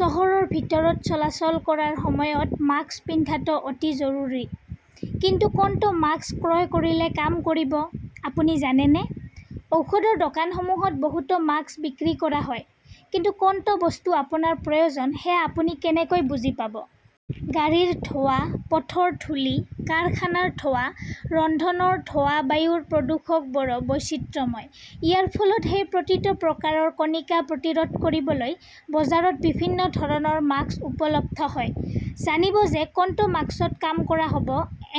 চহৰৰ ভিতৰত চলাচল কৰাৰ সময়ত মাস্ক পিন্ধাটো অতি জৰুৰী। কিন্তু কোনটো মাস্ক ক্ৰয় কৰিলে কাম কৰিব, আপুনি জানেনে? ঔষধৰ দোকানসমূহত বহুতো মাস্ক বিক্ৰী কৰা হয়। কিন্তু কোনটো বস্তু আপোনাৰ প্ৰয়োজন সেয়া আপুনি কেনেকৈ বুজি পাব? গাড়ীৰ ধোঁৱা, পথৰ ধূলি, কাৰখানাৰ ধোঁৱা, ৰন্ধনৰ ধোঁৱাবায়ুৰ প্ৰদূষকবোৰো বৈচিত্ৰ্যময়। ইয়াৰ ফলত সেই প্ৰতিটো প্ৰকাৰৰ কণিকা প্ৰতিৰোধ কৰিবলৈ বজাৰত বিভিন্ন ধৰণৰ মাস্ক উপলব্ধ হয়। জানিব যে কোনটো মাস্কত কাম কৰা হব।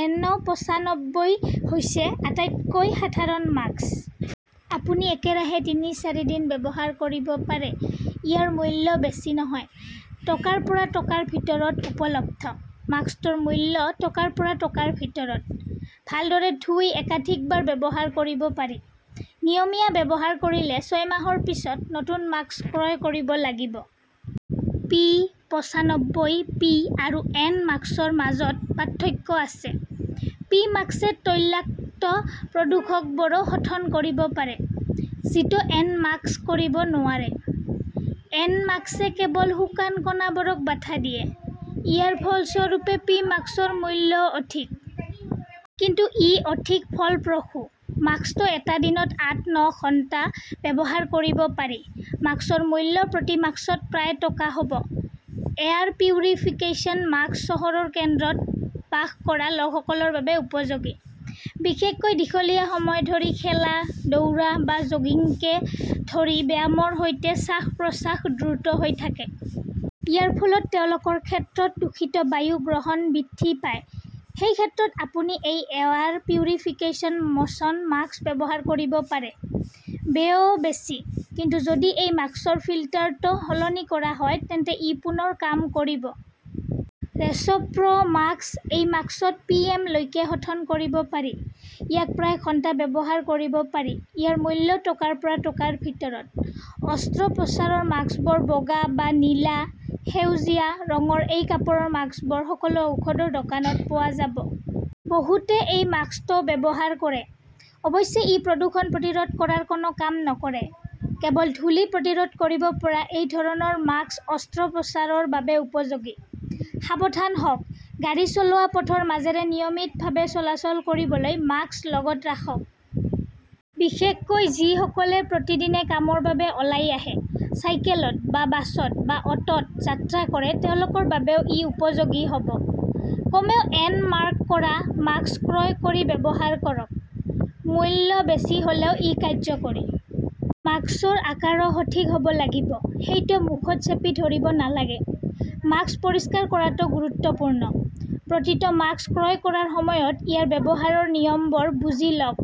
এন পঁচানব্বই হৈছে আটাইতকৈ সাধাৰণ মাস্ক। আপুনি একেৰাহে তিনি-চাৰিদিন ব্যৱহাৰ কৰিব পাৰে। ইয়াৰ মূল্যও বেছি নহয়। টকাৰ পৰা টকাৰ ভিতৰত উপলব্ধ। মাস্কটোৰ মূল্য টকাৰ পৰা টকাৰ ভিতৰত। ভালদৰে ধুই একাধিকবাৰ ব্যৱহাৰ কৰিব পাৰি। নিয়মীয়া ব্যৱহাৰ কৰিলে ছয় মাহৰ পিছত নতুন মাস্ক ক্ৰয় কৰিব লাগিব। পি পঁচানব্বই পি আৰু এন মাস্কৰ মাজত পাৰ্থক্য আছে। পি মাস্কে তৈলাক্ত প্ৰদূষকবোৰো শোধন কৰিব পাৰে, যিটো এন মাস্ক কৰিব নোৱাৰে। এন মাস্কে কেৱল শুকান কণাবোৰক বাধা দিয়ে। ইয়াৰ ফলস্বৰূপে পি মাস্কৰ মূল্যও অধিক। কিন্তু ই অধিক ফলপ্ৰসূ। মাস্কটো এটা দিনত আঠ-ন ঘণ্টা ব্যৱহাৰ কৰিব পাৰি। মাস্কৰ মূল্য প্ৰতি মাস্কত প্ৰায় টকা হব। এয়াৰ পিউৰিফিকেশ্যন মাস্ক চহৰৰ কেন্দ্ৰত বাস কৰা লোকসকলৰ বাবে উপযোগী। বিশেষকৈ দীঘলীয়া সময় ধৰি খেলা, দৌৰা বা জগিংকে ধৰি ব্যায়ামৰ সৈতে শ্বাস-প্ৰশ্বাস দ্ৰুত হৈ থাকে। ইয়াৰ ফলত তেওঁলোকৰ ক্ষেত্ৰত দূষিত বায়ু গ্ৰহণ বৃদ্ধি পায়। সেই ক্ষেত্ৰত আপুনি এই এয়াৰ পিউৰিফিকেশ্যন মশ্যন মাস্ক ব্যৱহাৰ কৰিব পাৰে। ব্যয়ও বেছি। কিন্তু যদি এই মাস্কৰ ফিল্টাৰটো সলনি কৰা হয় তেন্তে ই পুনৰ কাম কৰিব। ৰেচপ্ৰ 'মাস্ক এই মাস্কত পি. এম. লৈকে শোধন কৰিব পাৰি। ইয়াক প্ৰায় ঘণ্টা ব্যৱহাৰ কৰিব পাৰি। ইয়াৰ মূল্য টকাৰ পৰা টকাৰ ভিতৰত। অস্ত্ৰোপচাৰৰ মাস্কবোৰ বগা বা নীলা, সেউজীয়া ৰঙৰ এই কাপোৰৰ মাস্কবোৰ সকলো ঔষধৰ দোকানত পোৱা যাব। বহুতে এই মাস্কটোও ব্যৱহাৰ কৰে। অৱশ্যে, ই প্ৰদূষণ প্ৰতিৰোধ কৰাৰ কোনো কাম নকৰে। কেৱল ধূলি প্ৰতিৰোধ কৰিব পৰা এই ধৰণৰ মাস্ক অস্ত্ৰোপচাৰৰ বাবে উপযোগী। সাৱধান হওক। গাড়ী চলোৱা পথৰ মাজেৰে নিয়মিতভাৱে চলাচল কৰিবলৈ মাস্ক লগত ৰাখক। বিশেষকৈ যিসকলে প্ৰতিদিনে কামৰ বাবে ওলাই আহে, চাইকেলত বা বাছত বা অটোত যাত্ৰা কৰে তেওঁলোকৰ বাবেও ই উপযোগী হ 'ব। কমেও এন-মাৰ্ক কৰা মাস্ক ক্ৰয় কৰি ব্যৱহাৰ কৰক। মূল্য বেছি হলেও ই কাৰ্যকৰী। মাস্কৰ আকাৰো সঠিক হব লাগিব। সেইটো মুখত চেপি ধৰিব নালাগে। মাস্ক পৰিষ্কাৰ কৰাটোও গুৰুত্বপূৰ্ণ। প্ৰতিটো মাস্ক ক্ৰয় কৰাৰ সময়ত ইয়াৰ ব্যৱহাৰৰ নিয়মবোৰ বুজি লওক।